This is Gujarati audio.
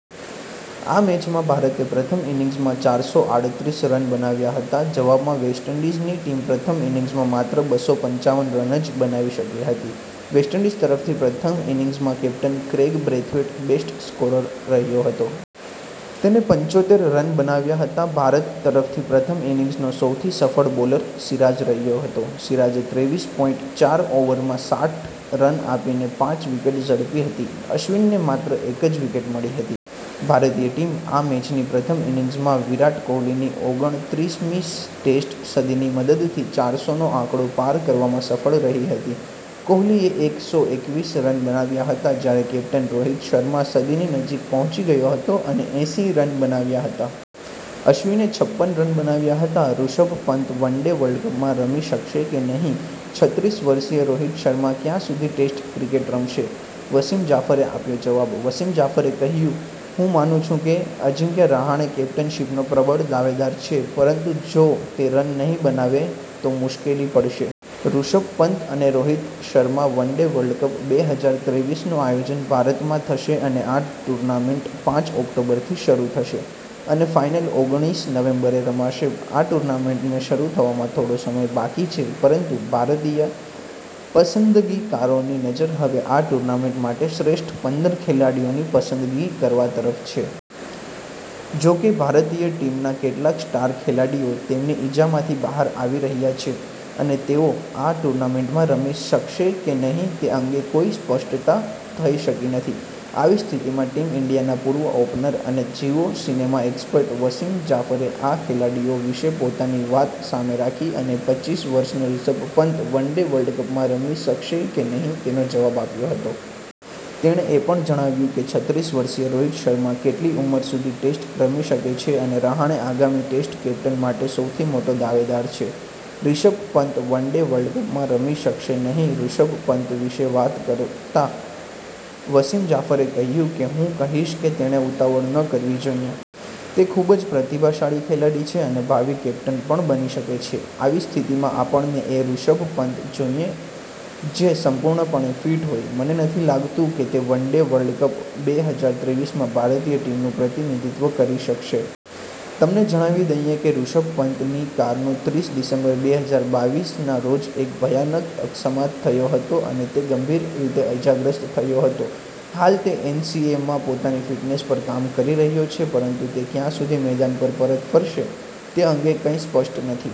આ મેચમાં ભારતે પ્રથમ ઇનિંગ્સમાં ચારસો આડત્રીસ રન બનાવ્યા હતા. જવાબમાં વેસ્ટ ઇન્ડીઝની ટીમ પ્રથમ ઇનિંગ્સમાં માત્ર બસો પંચાવન રન જ બનાવી શકી હતી. વેસ્ટ ઈન્ડીઝ તરફથી પ્રથમ ઈનિંગ્સમાં captain Kraigg Brathwaite best scorer રહ્યો હતો. તેને પંચોત્તેર રન બનાવ્યા હતા. ભારત તરફથી પ્રથમ ઇનિંગ્સનો સૌથી સફળ બોલર સિરાજ રહ્યો હતો. સિરાજે ત્રેવીસ પોઇન્ટ ચાર ઓવરમાં સાઠ રન આપીને પાંચ વિકેટ ઝડપી હતી. અશ્વિનને માત્ર એક જ વિકેટ મળી હતી. ભારતીય ટીમ આ મેચની પ્રથમ ઇનિંગ્સમાં વિરાટ કોહલીની ઓગણત્રીસ મી ટેસ્ટ સદીની મદદથી ચારસો નો આંકડો પાર કરવામાં સફળ રહી હતી. કોહલીએ એક સો એકવીસ રન બનાવ્યા હતા જ્યારે કેપ્ટન રોહિત શર્મા સદીની નજીક પહોંચી ગયો હતો અને એંસી રન બનાવ્યા હતા. અશ્વિને છપ્પન રન બનાવ્યા હતા. ઋષભ પંત વનડે વર્લ્ડકપમાં રમી શકશે કે નહીં, છત્રીસ વર્ષીય રોહિત શર્મા ક્યાં સુધી ટેસ્ટ ક્રિકેટ રમશે? વસીમ જાફરે આપ્યો જવાબ વસીમ જાફરે કહ્યું હું માનું છું કે અજિંક્ય રહાણે કેપ્ટનશિપનો પ્રબળ દાવેદાર છે પરંતુ જો તે રન નહીં બનાવે તો મુશ્કેલી પડશે. ઋષભ પંત અને રોહિત શર્મા વન-ડે વર્લ્ડકપ બે હજાર ત્રેવીસ નું આયોજન ભારતમાં થશે અને આ ટૂર્નામેન્ટ પાંચ ઓક્ટોબરથી શરુ થશે અને ફાઈનલ ઓગણીસ નવેમ્બરે રમાશે. આ ટૂર્નામેન્ટને શરૂ થવામાં થોડો સમય બાકી છે, પરંતુ ભારતીય પસંદગીકારોની નજર હવે આ ટૂર્નામેન્ટ માટે શ્રેષ્ઠ પંદર ખેલાડીઓની પસંદગી કરવા તરફ છે. જોકે ભારતીય ટીમના કેટલાક સ્ટાર ખેલાડીઓ તેમની ઈજામાંથી બહાર આવી રહ્યા છે અને તેઓ આ ટૂર્નામેન્ટમાં રમી શકશે કે નહીં તે અંગે કોઈ સ્પષ્ટતા થઈ શકી નથી. આવી સ્થિતિમાં ટીમ ઈન્ડિયાના પૂર્વ ઓપનર અને જિઓ સિનેમા એક્સપર્ટ વસીમ જાફરે આ ખેલાડીઓ વિશે પોતાની વાત સામે રાખી અને પચીસ વર્ષનો Rishabh Pant one day World કપમાં રમી શકશે કે નહીં તેનો જવાબ આપ્યો હતો. તેણે એ પણ જણાવ્યું કે છત્રીસ વર્ષીય રોહિત શર્મા કેટલી ઉંમર સુધી ટેસ્ટ રમી શકે છે અને રહાણે આગામી ટેસ્ટ કેપ્ટન માટે સૌથી મોટો દાવેદાર છે. રિષભ પંત વન-ડે વર્લ્ડકપમાં રમી શકશે નહીં ઋષભ પંત વિશે વાત કરતા વસીમ જાફરે કહ્યું કે હું કહીશ કે તેણે ઉતાવળ ન કરવી જોઈએ. તે ખૂબ જ પ્રતિભાશાળી ખેલાડી છે અને ભાવિ કેપ્ટન પણ બની શકે છે. આવી સ્થિતિમાં આપણને એ ઋષભ પંત જોઈએ જે સંપૂર્ણપણે ફિટ હોય. મને નથી લાગતું કે તે વન-ડે વર્લ્ડ કપ બે હજાર ત્રેવીસ માં ભારતીય ટીમનું પ્રતિનિધિત્વ કરી શકશે. તમને જણાવી દઈએ કે ઋષભ પંતની કારનો ત્રીસ ડિસેમ્બર બે હજાર બાવીસ ના રોજ એક ભયાનક અકસ્માત થયો હતો અને તે ગંભીર રીતે ઇજાગ્રસ્ત થયો હતો. હાલ તે એનસીએમાં પોતાની ફિટનેસ પર કામ કરી રહ્યો છે, પરંતુ તે ક્યાં સુધી મેદાન પર પરત ફરશે તે અંગે કંઇ સ્પષ્ટ નથી.